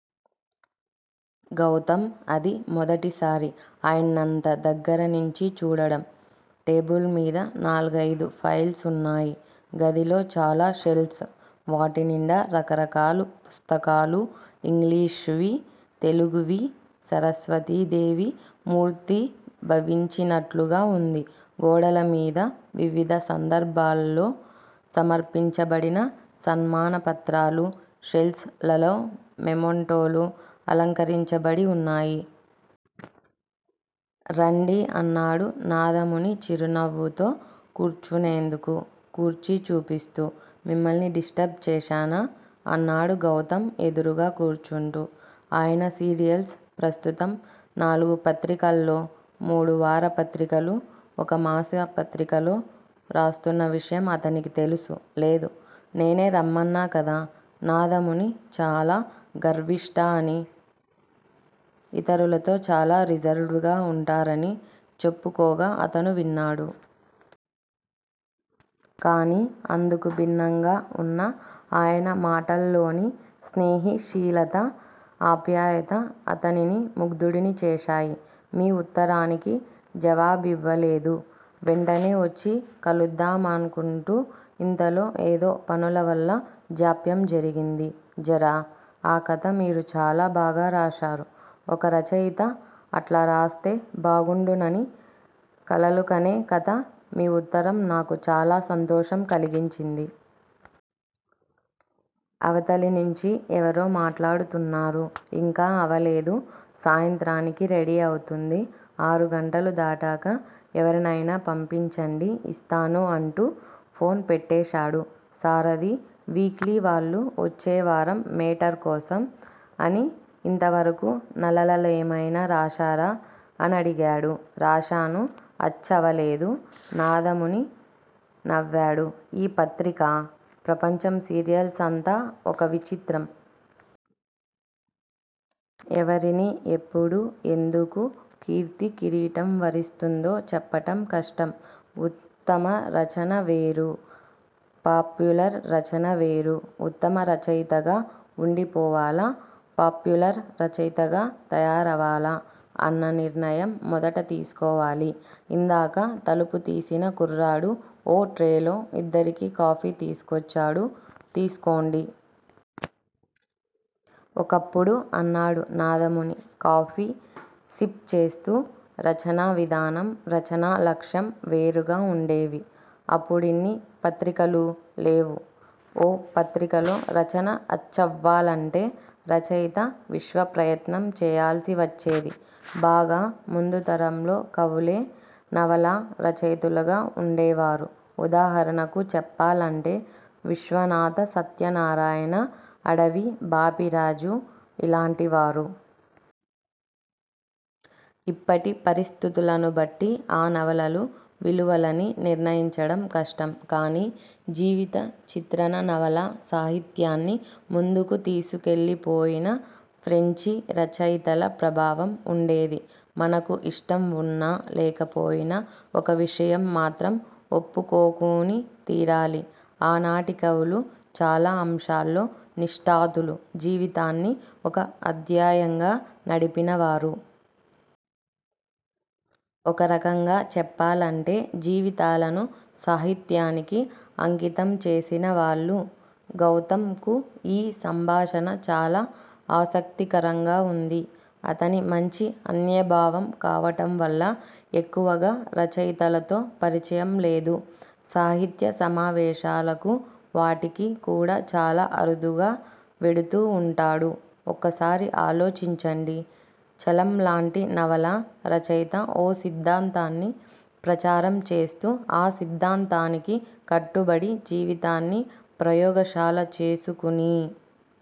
గౌతమ్ అది మొదటిసారి ఆయన్నంత దగ్గరినుంచి చూడడం. టేబుల్ మీద నాలుగయిదు ఫైల్స్ ఉన్నాయి. గదిలో చాలా షెల్స్. వాటినిండా రకరకాలు పుస్తకాలు _ యింగ్లీషువీ, తెలుగువీ సరస్వతీదేవి మూర్తీ భవించినట్లుగా వుంది. గోడలమీద వివిధ సందర్భాలల్లో సపర్పించబడిన సన్మానపత్రాలు, షెల్స్ లలో మెమెంటోలు అలంకరించబడిఉన్నాయి. రండి అన్నాడు నాదముని చిరునవ్వుతో కూర్చునేందుకు కుర్చీచూపిస్తూ. మిమ్మల్ని డిస్టర్బ్ చేశానా? అన్నాడు గౌతమ్ ఎదురుగా కూర్చుంటూ. అయన సీరియల్స్ ప్రస్తుతం నాలుగు పత్రికల్లో, మూడువారపత్రికలు. ఒక మాసపత్రికలో రాస్తున్న విషయం అతనికి తెలుసు. లేదు. నేనే రమ్మన్నకదా. నాదముని చాలా గర్విష్టఅనీ, యితరులతో చాలా రిజర్వడ్ గా వుంటారని చెప్పుకోగా అతను విన్నాడు. కాని అందుకుభిన్నంగా ఉన్న అయన మాటల్లోని స్నేహిశీలత ఆప్యాయత అతనిని ముగ్దుడిని చేశాయి. మీ ఉత్తరానికి జావాబివ్వలేదు _ వెంటనే వొచ్చి కలుద్దామానుకుంటూ ఇంతలో ఏదో పనులవల్ల జాప్యం జరిగింది. 'జర' _ ఆ కథ మీరు చాలా బాగారాశారు. ఒక రచయితా అట్లారాస్తే బాగుండునని కలలుకనే కథ మీ ఉత్తరం నాకు చాలాసంతోషం కలిగించింది. అవతలినించి ఎవరో మాట్లాడుతున్నారు. ఇంకా అవలేదు, సాయంత్రానికి రెడీఅవుతుంది. ఆరు గంటలు దాటాక ఎవరినయినా పంపించండి యిస్తాను అంటూ ఫోన్ పెట్టెశాడు. సారధి వీక్లీ వాళ్ళు వొచ్చేవారం మేటర్ కోసం _ అని, యింతవరకూ నలలలేమైనా రాశారా? అనడిగాడు. రాశాను అచ్చవలేదు? నాదముని నవ్వాడు. ఈ పత్రికా ప్రపంచం సీరియల్స్ అంతా ఒక విచిత్రం. ఎవరిని ఎప్పుడు ఎందుకు కీర్తీ కిరీటం వరిస్తుందో చెప్పటంకష్టం ఉత్తమ రచన వేరు. పాప్యులర్ రచన వేరు. ఉత్తమ రచయితగా వుండి పోవాలా? పాప్యులర్ రచయితగా తయారవాలా_ అన్న నిర్ణయం మొదట తీసుకోవాలి. ఇందాక తలుపుతీసిన కుర్రాడు ఓ ట్రేలో యిద్దరికీ కాఫీ తీసుకొచ్చాడు. తీసుకొండి. ఒకప్పుడు అన్నాడు నాదముని కాఫీ సిఫ్ చేస్తూ _ రచనా విధానం, రచనా లక్ష్యం వేరుగావుండేవి. అప్పుడిన్ని పత్రికలూ లేవు. ఓ పత్రికలో రచన అచ్చవ్వలంటే రచయితా విశ్వప్రయత్నం చేయాల్సివచ్చేది. బాగా ముందుతరంలో కవులే నవలా రచయితలుగా వుండేవారు. ఉదాహరణకు చెప్పాలంటే విశ్వనాథ సత్యనారాయణ, అడవి బాపిరాజు _ ఇలాంటి వారు. ఇప్పటి పరిస్థతులనుబట్టి ఆ నవలలు విలువలని నిర్ణయించడం కష్టం. కానీ జీవిత చిత్రణ నవలా సాహిత్యాన్ని ముందుకు తీసుకెళ్ళిపోయిన ఫ్రెంచి రచయితల ప్రభావం వుండేది. మనకు యిష్టంవున్నా, లేకపోయినా ఒక విషయం మాత్రం ఒప్పుకోకునితీరాలి. ఆనాటి కవులు చాలా అంశాల్లో నిష్టాతులు, జీవితాన్ని ఒక అధ్యయంగా నడిపినవారు. ఒక రకంగా చెప్పాలంటే జీవితాలను సాహిత్యానికి అంకితంచేసిన వాళ్ళు. గౌతమ్ కు యీ సంబాషణ చాలా ఆసక్తికరంగా వుంది. అతని మంచి అన్యభావం కావటంవల్ల ఎక్కువగా రచయితలతో పరిచయం లేదు. సాహిత్య సమావేశాలకూ వాటికి కూడా చాలా అరుదుగా వెడుతూ వుంటాడు. ఒక్కసారి ఆలోచించండి. చలంలాంటి నవలా రచయితా ఓ సిద్దాంతాన్ని ప్రచారం చేస్తూ ఆ సిద్దాంతానికి కట్టుబడి జీవితాన్ని ప్రయోగషాల చేసుకుని.